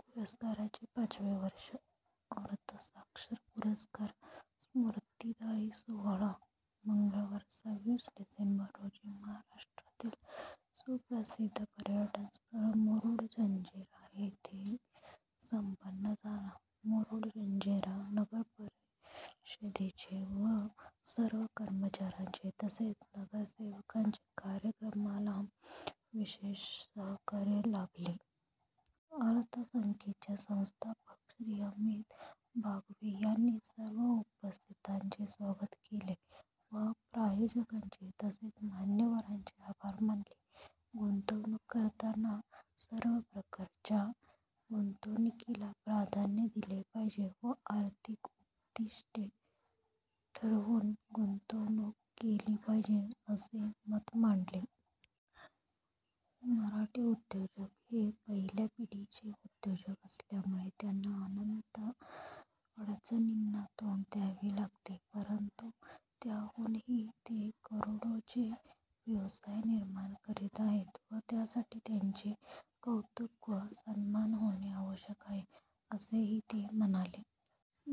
पुरस्काराचे पाचवे वर्ष! अर्थ साक्षर पुरस्कार स्फूर्तिदायी सोहळा मंगळवार सव्वीस डिसेंबर रोजी महाराष्ट्रातील सुप्रसिद्ध पर्यटन स्थळ मुरुड जंजिरा येथे संप्पन झाला. मुरुड जंजिरा नगरपरिषदेचे व सर्व कर्मचाऱ्यांचे तसेच नगरसेवकांचे कार्यक्रमाला विशेष सहकार्य लाभले. अर्थसंकेतचे संस्थापक श्री. अमित बागवे यांनी सर्व उपस्थितांचे स्वागत केले व प्रायोजकांचे तसेच मान्यवरांचे आभार मानले. गुंतवणूक करताना सर्व प्रकारच्या गुंतवणुकीला प्राधान्य दिले पाहिजे व आर्थिक उद्दिष्ट ठरवून गुंतवणूक केली पाहिजे असे मत मांडले. मराठी उद्योजक हे पहिल्या पिढीचे उद्योजक असल्यामुळे त्यांना अनंत अडचणींना तोंड द्यावे लागते परंतु त्यातूनही ते करोडोचे व्यवसाय निर्माण करीत आहेत व त्यासाठी त्यांचे कौतुक व सन्मान होणे आवश्यक आहे असेही ते म्हणाले.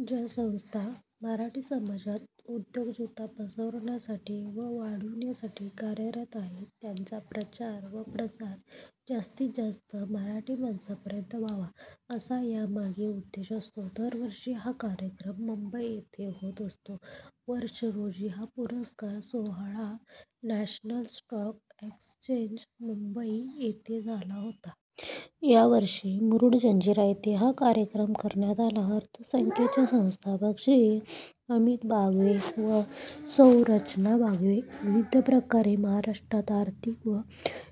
ज्या संस्था मराठी समाजात उद्योजकता पसरविण्यासाठी व वाढविण्यासाठी कार्यरत आहेत त्यांचा प्रचार व प्रसार जास्तीत जास्त मराठी माणसांपर्यंत व्हावा असा यामागे उद्देश असतो. दरवर्षी हा कार्यक्रम मुंबई येथे होत असतो. वर्ष रोजी हा पुरस्कार सोहळा नॅशनल स्टॉक एक्स्चेंज, मुंबई येथे झाला होता. यावर्षी मुरुड जंजिरा येथे हा कार्यक्रम करण्यात आला. अर्थसंकेतचे संस्थापक श्री. अमित बागवे व सौ. रचना बागवे विविध प्रकारे महाराष्ट्रात आर्थिक व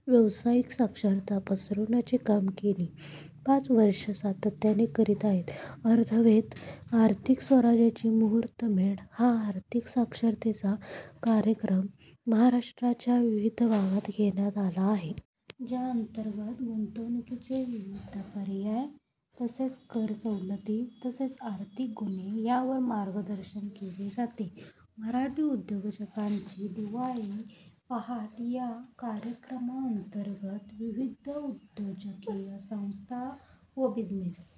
व्यवसायिक साक्षरता पसरविण्याचे काम गेली पाच वर्षे सातत्याने करीत आहेत. अर्थवेध आर्थिक स्वराज्याची मुहूर्तमेढ हा आर्थिक साक्षरतेचा कार्यक्रम महाराष्ट्राच्या विविध भागात घेण्यात आला आहे. ज्या अंतर्गत गुंतवणुकीचे विविध पर्याय तसेच कर सवलती तसेच आर्थिक गुन्हे यावर मार्गदर्शन केले जाते. मराठी उद्योजकांची दिवाळी पहाट या कार्यक्रमा अंतर्गत विविध उद्योजकीय संस्था व बिझनेस